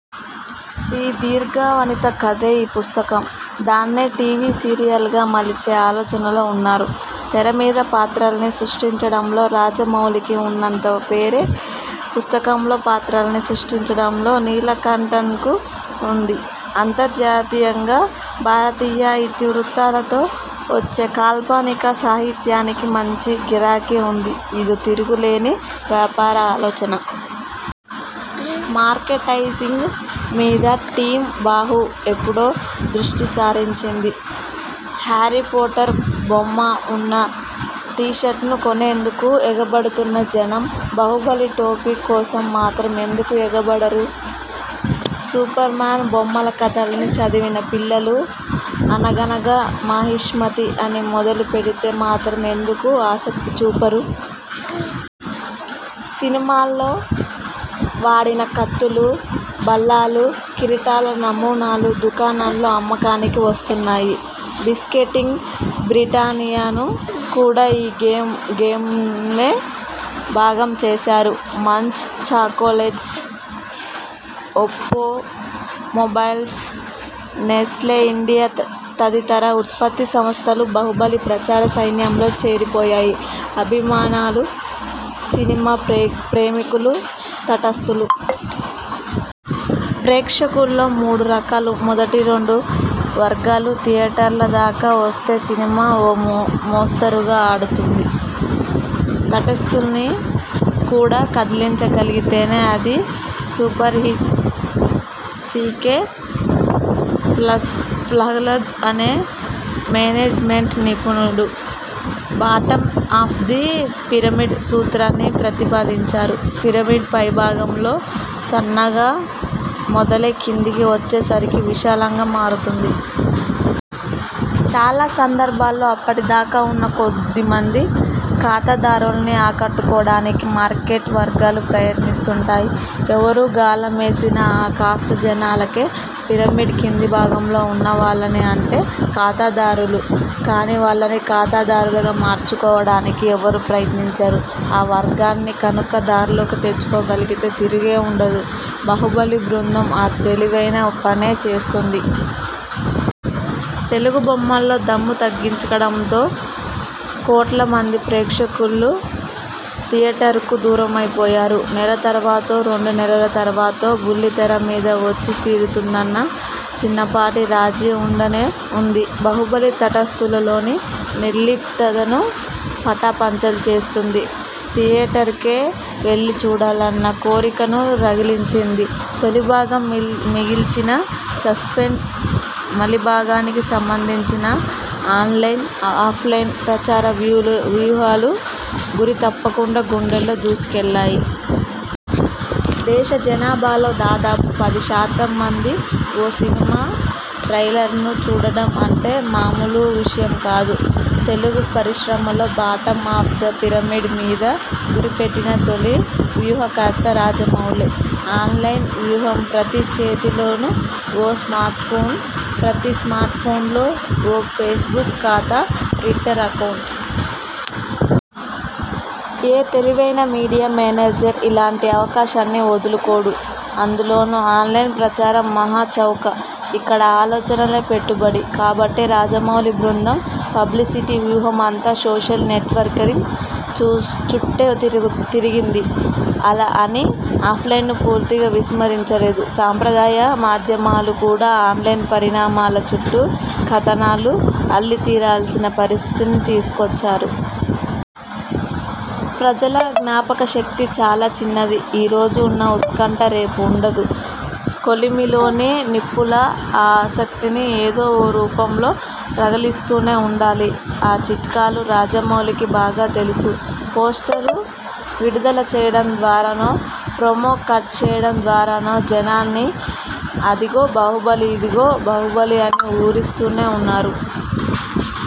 ఆ ధీరవనిత కథే ఈ పుస్తకం. దాన్నే టీవీ సీరియల్గా మలిచే ఆలోచనలో ఉన్నారు. తెరమీద పాత్రల్ని సృష్టించడంలో రాజమౌళికి ఉన్నంత పేరే, పుస్తకంలో పాత్రల్ని సృష్టించడంలో నీలకంఠన్కు ఉంది. అంతర్జాతీయంగా భారతీయ ఇతివృత్తాలతో వచ్చే కాల్పనిక సాహిత్యానికి మంచి గిరాకీ ఉంది. ఇదో తిరుగులేని వ్యాపార ఆలోచన. 'మర్కెంటైజింగ్' మీదా 'టీమ్ బాహు' ఎప్పుడో దృష్టి సారించింది. హ్యారీపోటర్ బొమ్మ ఉన్న టీషర్ట్ను కొనేందుకు ఎగబడుతున్న జనం బాహుబలి టోపీ కోసం మాత్రం ఎందుకు ఎగబడరు? సూపర్మాన్ బొమ్మల కథల్ని చదివిన పిల్లలు, 'అనగనగా మాహిష్మతి ' అని మొదలుపెడితే మాత్రం ఎందుకు ఆసక్తిచూపరు? సినిమాలో వాడిన కత్తులూ, బల్లాలూ, కిరీటాల నమూనాలు దుకాణాల్లో అమ్మకానికి వస్తున్నాయి. 'బిస్కెట్కింగ్' బ్రిటానియాను కూడా ఈ గేమ్లో భాగం చేశారు. Munch chocolates, Oppo mobiles, Nestle India తదితర ఉత్పత్తి సంస్థలూ బాహుబలి ప్రచార సైన్యంలో చేరిపోయాయి. అభిమానులు. సినిమా ప్రేమికులు. తటస్థులు. ప్రేక్షకుల్లో మూడురకాలు. మొదటి రెండు వర్గాలూ థియేటర్ల దాకా వస్తే సినిమా ఓ మోస్తరుగా ఆడుతుంది. తటస్థుల్ని కూడా కదిలించగలిగితేనే, అది 'సూపర్హిట్'! సీకే ప్రహ్లాద్ అనే మేనేజ్మెంట్ నిపుణుడు 'బాటమ్ ఆఫ్ ద పిరమిడ్' సూత్రాన్ని ప్రతిపాదించారు. పిరమిడ్ పైభాగంలో సన్నగా మొదలై కిందికి వచ్చేసరికి విశాలంగా మారుతుంది. చాలా సందర్భాల్లో, అప్పటిదాకా ఉన్న కొద్దిమంది ఖాతాదారుల్ని ఆకట్టుకోడానికే మార్కెట్ వర్గాలు ప్రయత్నిస్తుంటాయి. ఎవరు గాలమేసినా ఆ కాస్త జనాభాకే. పిరమిడ్ కిందిభాగంలో ఉన్నవాళ్లని అంటే, ఖాతాదారులు కానివాళ్లని ఖాతాదారులుగా మార్చుకోడానికి ఎవరూ ప్రయత్నించరు. ఆ వర్గాన్ని కనుక దార్లోకి తెచ్చుకోగలిగితే తిరుగే ఉండదు. 'బాహుబలి' బృందం ఆ తెలివైన పనే చేస్తోంది. తెలుగు బొమ్మల్లో దమ్ము తగ్గిపోవడంతో కోట్ల మంది ప్రేక్షకులు థియేటర్కు దూరమైపోయారు. నెల తర్వాతో, రెండు నెలల తర్వాతో బుల్లితెర మీద వచ్చితీరుతుందన్న చిన్నపాటి రాజీ ఉండనే ఉంది. బాహుబలి తటస్థులలోని నిర్లిప్తతను పటాపంచలు చేస్తోంది. థియేటర్కే వెళ్లిచూడాలన్న కోరికను రగిలించింది. తొలిభాగం మిగిల్చిన సస్పెన్స్, మలిభాగానికి సంబంధించిన ఆన్లైన్, ఆఫ్లైన్ ప్రచార వ్యూహాలూ గురితప్పకుండా గుండెల్లో దూసుకెళ్లాయి. దేశజనాభాలో దాదాపు పదిశాతం మంది ఓ సినిమా ట్రైలర్ను చూడటం అంటే మామూలు విషయం కాదు. తెలుగు పరిశ్రమలో 'బాటమ్ ఆఫ్ ద పిరమిడ్' మీద గురిపెట్టిన తొలి వ్యూహకర్త రాజమౌళే. ఆన్లైన్ వ్యూహం ప్రతి చేతిలోనూ ఓ స్మార్ట్ఫోన్. ప్రతి స్మార్ట్ఫోన్లో ఓ ఫేస్బుక్ ఖాతా, ట్విటర్ అకౌంట్. ఏ తెలివైన మీడియా మేనేజర్ ఇలాంటి అవకాశాన్ని వదులుకోడు. అందులోనూ ఆన్లైన్ ప్రచారం మహాచౌక! ఇక్కడ ఆలోచనే పెట్టుబడి. కాబట్టే, రాజమౌళి బృందం పబ్లిసిటీ వ్యూహమంతా సోషల్ నెట్వర్కింగ్ చుట్టే తిరిగింది. అలా అని, ఆఫ్లైన్ను పూర్తిగా విస్మరించలేదు. సంప్రదాయ మాధ్యమాలు కూడా ఆన్లైన్ పరిణామాల చుట్టూ కథనాలు అల్లితీరాల్సిన పరిస్థితిని తీసుకొచ్చారు. ప్రజల జ్ఞాపకశక్తి చాలా చిన్నది. ఈరోజు ఉన్న ఉత్కంఠ రేపు ఉండదు. కొలిమిలోని నిప్పులా ఆ ఆసక్తిని ఏదో ఓ రూపంలో రగిలిస్తూనే ఉండాలి. ఆ చిట్కాలు రాజమౌళికి బాగా తెలుసు. పోస్టరు విడుదల చేయడం ద్వారానో, ప్రోమో కట్ చేయడం ద్వారానో జనాన్ని 'అదిగో బాహుబలి ఇదిగో బాహుబలి' అని ఊరిస్తూనే ఉన్నారు.